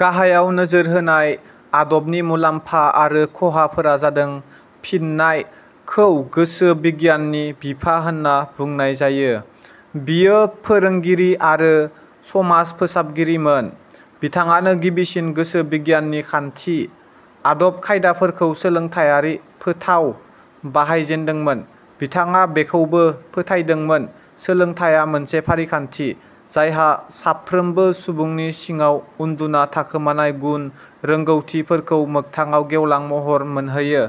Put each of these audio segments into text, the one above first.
गाहायाव नोजोर होनाय आदबनि मुलामफा आरो खहाफोरा जादों- फिननाय: खौ गोसो बिगियाननि बिफा होनना बुंनाय जायो। बियो फोरोंगिरि आरो समाज फोसाबगिरिमोन। बिथाङानो गिबिसिन गोसो बिगियाननि खान्थि, आदब खायदाफोरखौ सोलोंथाइयारि फोथाव बाहायजेनदोंमोन। बिथाङा बेखौबो फोथाइदोंमोन सोलोंथाइया मोनसे फारिखान्थि जायहा साफ्रोमबो सुबुंनि सिङाव उन्दुना थाखोमानाय गुन, रोंगौथिफोरखौ मोगथाङाव गेवलां महर मोनहोयो।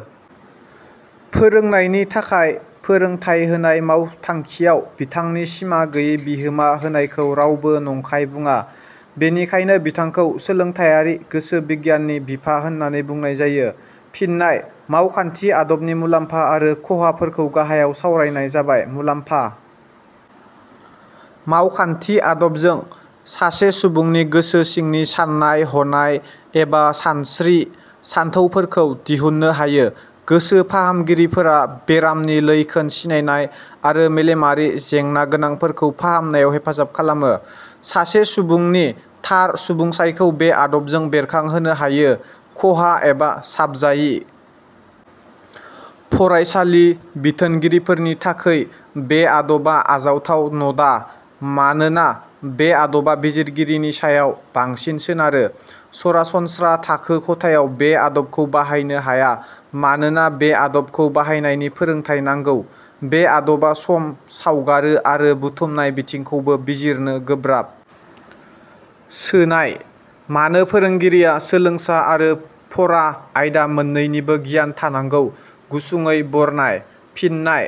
फोरोंनायनि थाखाय फोरोंथाइ होनाय मावथांखिआव बिथांनि सिमा गैयि बिहोमा होनायखौ रावबो नंखाय बुङा। बेनिखायनो बिथांखौ सोलोंथाइयारि गोसो बिगियाननि बिफा होन्नानै बुंनाय जायो। फिननाय: मावखान्थि आदबनि मुलाम्फा आरो खहाफोरखौ गाहायाव सावरायनाय जाबाय। मुलाम्फा:. मावखान्थि आदबजों सासे सुबुंनि गोसो सिंनि सान्नाय-हनाय एबा सानस्त्रि- सानथौफोरखौ दिहुन्नो हायो।. गोसो फाहामगिरिफोरा बेरामनि लैखोन सिनायनाय आरो मेलेमारि जेंनागोनांफोरखौ फाहामनायाव हेफाजाब खालामो।. सासे सुबुंनि थार सुबुंसाइखौ बे आदबजों बेरखांहोनो हायो। खहा एबा साबजायि:. फरायसालि बिथोनगिरिफोरनि थाखै बे आदबा आजावथाव नडा मानोना बे आदबा बिजिरगिरिनि सायाव बांसिन सोनारो।. सरासनत्रा थाखो खथायाव बे आदबखौ बाहायनो हाया मानोना बे आदबखौ बाहायनायनि फोरोंथाइ नांगौ।. बे आदबा सम सावगारो आरो बुथुमनाय बिथिंखौबो बिजिरनो गोब्राब। सोनाय: मानो फोरोंगिरिया सोलोंसा आरो फरा आयदा मोननैनिबो गियान थानांगौ गुसुङै बरनाय। फिननाय: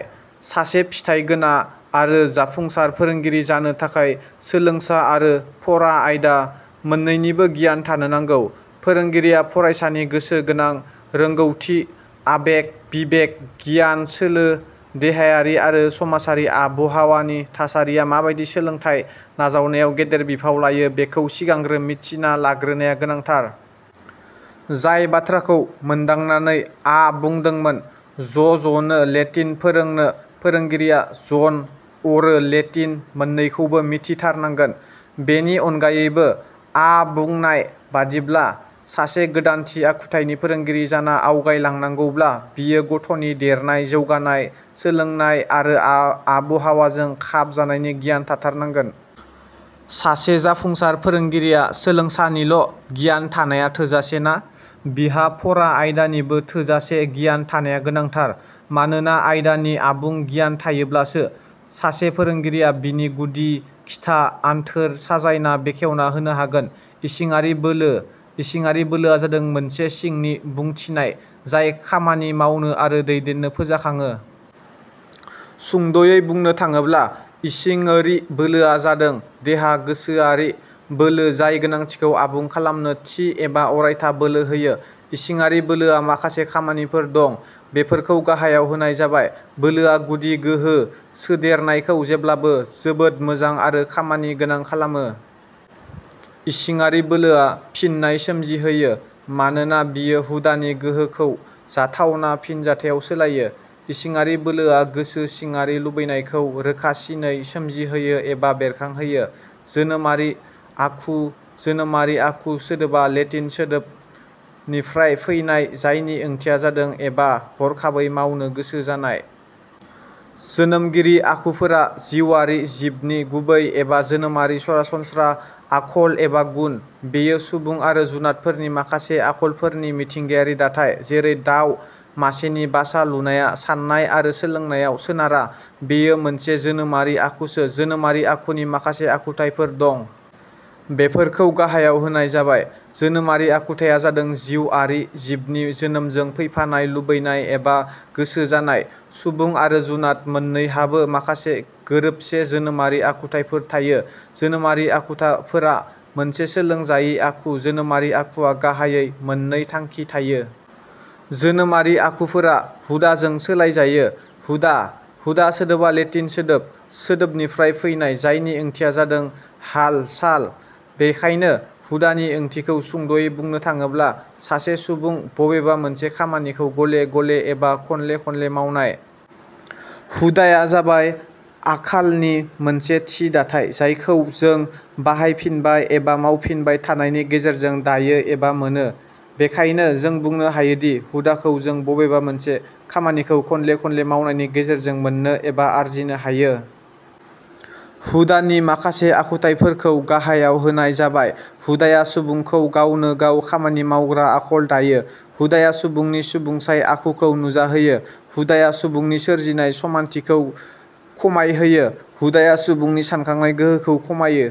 सासे फिथाइगोना आरो जाफुंसार फोरोंगिरि जानो थाखाय सोलोंसा आरो फरा आयदा मोन्नैनिबो गियान थानो नांगौ। फोरोंगिरिया फरायसानि गोसो गोनां, रोंगोथि, आबेग-बिबेक, गियानसोलो, देहायारि आरो समाजारि आबहावानि थासारिया माबादि सोलोंथाइ नाजावनायाव गेदेर बिफाव लायो बेखौ सिगांग्रो मिथिना लाग्रोनाया गोनांथार। जाय बाथ्राखौ मोन्दांनानै आ बुंदोंमोन, "जजनो लेटिन फोरोंनो, फोरोंगिरिया ज'न अरो लेटिन मोननैखौबो मिथि थारनांगोन। " बेनि अनगायैबो.. आ बुंनाय बादिब्ला – सासे गोदानथि आखुथाइनि फोरोंगिरि जाना आवगायलांनांगौब्ला बियो गथ'नि देरनाय, जौगानाय, सोलोंनाय आरो आबहावाजों खाब जानायनि गियान थाथारनांगोन। सासे जाफुंसार फोरोंगिरिया सोलोंसानिल' गियान थानाया थोजासे ना। बिहा फरा आयदानिबो थोजासे गियान थानाया गोनांथार। मानोना आयदानि आबुं गियान थायोब्लासो सासे फोरोंगिरिया बिनि गुदि – खिथा, आन्थोर साजायना बेखेवना होनो हागोन। इसिङारि बोलो: इसिङारि बोलोआ जादों मोनसे सिंनि बुंथिनाय जाय खामानि मावनो आरो दैदेननो फोजाखाङो। सुंद 'यै बुंनो थाङोब्ला इसिङोरि बोलोआ जादों देहा गोसोयारि बोलो जाय गोनांथिखौ आबुं खालामनो थि एबा अरायथा बोलो होयो। इसिङारि बोलोआ माखासे खामानिफोर दं। बेफोरखौ गाहायाव होनाय जाबाय- बोलोआ गुदि गोहो सोदेरनायखौ जेब्लाबो जोबोद मोजां आरो खामानि गोनां खालामो। इसिङारि बोलोआ फिननाय सोमजिहोयो मानोना बेयो हुदानि गोहोखौ जाथावना फिनजाथाइयाव सोलायो। इसिङारि बोलोआ गोसो सिङारि लुबैनायखौ रोखासिनयै सोमजिहोयो एबा बेरखांहोयो। जोनोमारि आखु: जोनोमारि आखु सोदोबा लेटिन सोदोब '' निफ्राय फैनाय जायनि ओंथिया जादों '' एबा हरखाबै मावनो गोसो जानाय। जोनोमारि आखुफोरा जिउआरि जिबनि गुबै एबा जोनोमारि सरासनस्रा आखल एबा गुन। बेयो सुबुं आरो जुनादफोरनि माखासे आखलफोरनि मिथिंगायारि दाथाय जैरै- दाव मासेनि बासा लुनाया साननाय आरो सोलोंनायाव सोनारा, बेयो मोनसे जोनोमारि आखुसो। जोनोमारि आखुनि माखासे आखुथाइफोर दं। बेफोरखौ गाहायाव होनाय जाबाय – जोनोमारि आखुथाइया जादों जिउ आरि जिबनि जोनोमजों फैफानाय लुबैनाय एबा गोसो जानाय। सुबुं आरो जुनाद मोननैहाबो माखासे गोरोबसे जोनोमारि आखुफोर थायो। जोनोमारि आखुफोरा मोनसे सोलोंजायि आखु। जोनोमारि आखुआ गाहाइयै मोननै थांखि थायो। जोनोमारि आखुफोरा हुदाजों सोलाय जायो। हुदा: हुदा सोदोबआ लेटिन सोदोब '' सोदोबनिफ्राय फैनाय जायनि ओंथिया जादों- हाल-साल। बेखायनो हुदानि ओंथिखौ सुंद'यै बुंनो थाङोब्ला सासे सुबुं बबेबा मोनसे खामानिखौ गले-गले एबा खनले खनले मावनाय। हुदाया जाबाय आखालनि मोनसे थि दाथाय जायखौ जों बाहायफिनबाय एबा मावफिनबाय थानायनि गेजेरजों दायो एबा मोनो। बेखायनो, जों बुंनो हायोदि हुदाखौ जों बबेबा मोनसे खामानिखौ खनले खनले मावनायनि गेजेरजों मोननो एबा आरजिनो हायो। हुदानि माखासे आखुथाइफोरखौ गाहायाव होनाय जाबाय हुदाया सुबुंखौ गावनो गाव खामानि मावग्रा आखल दायो। हुदाया सुबुंनि सुबुंसाय आखुखौ नुजाहोयो। हुदाया सुबुंनि सोरजिनाय समानथिखौ खौ खमायहोयो। हुदाया सुबुंनि सानखांनाय गोहोखौ खमायो।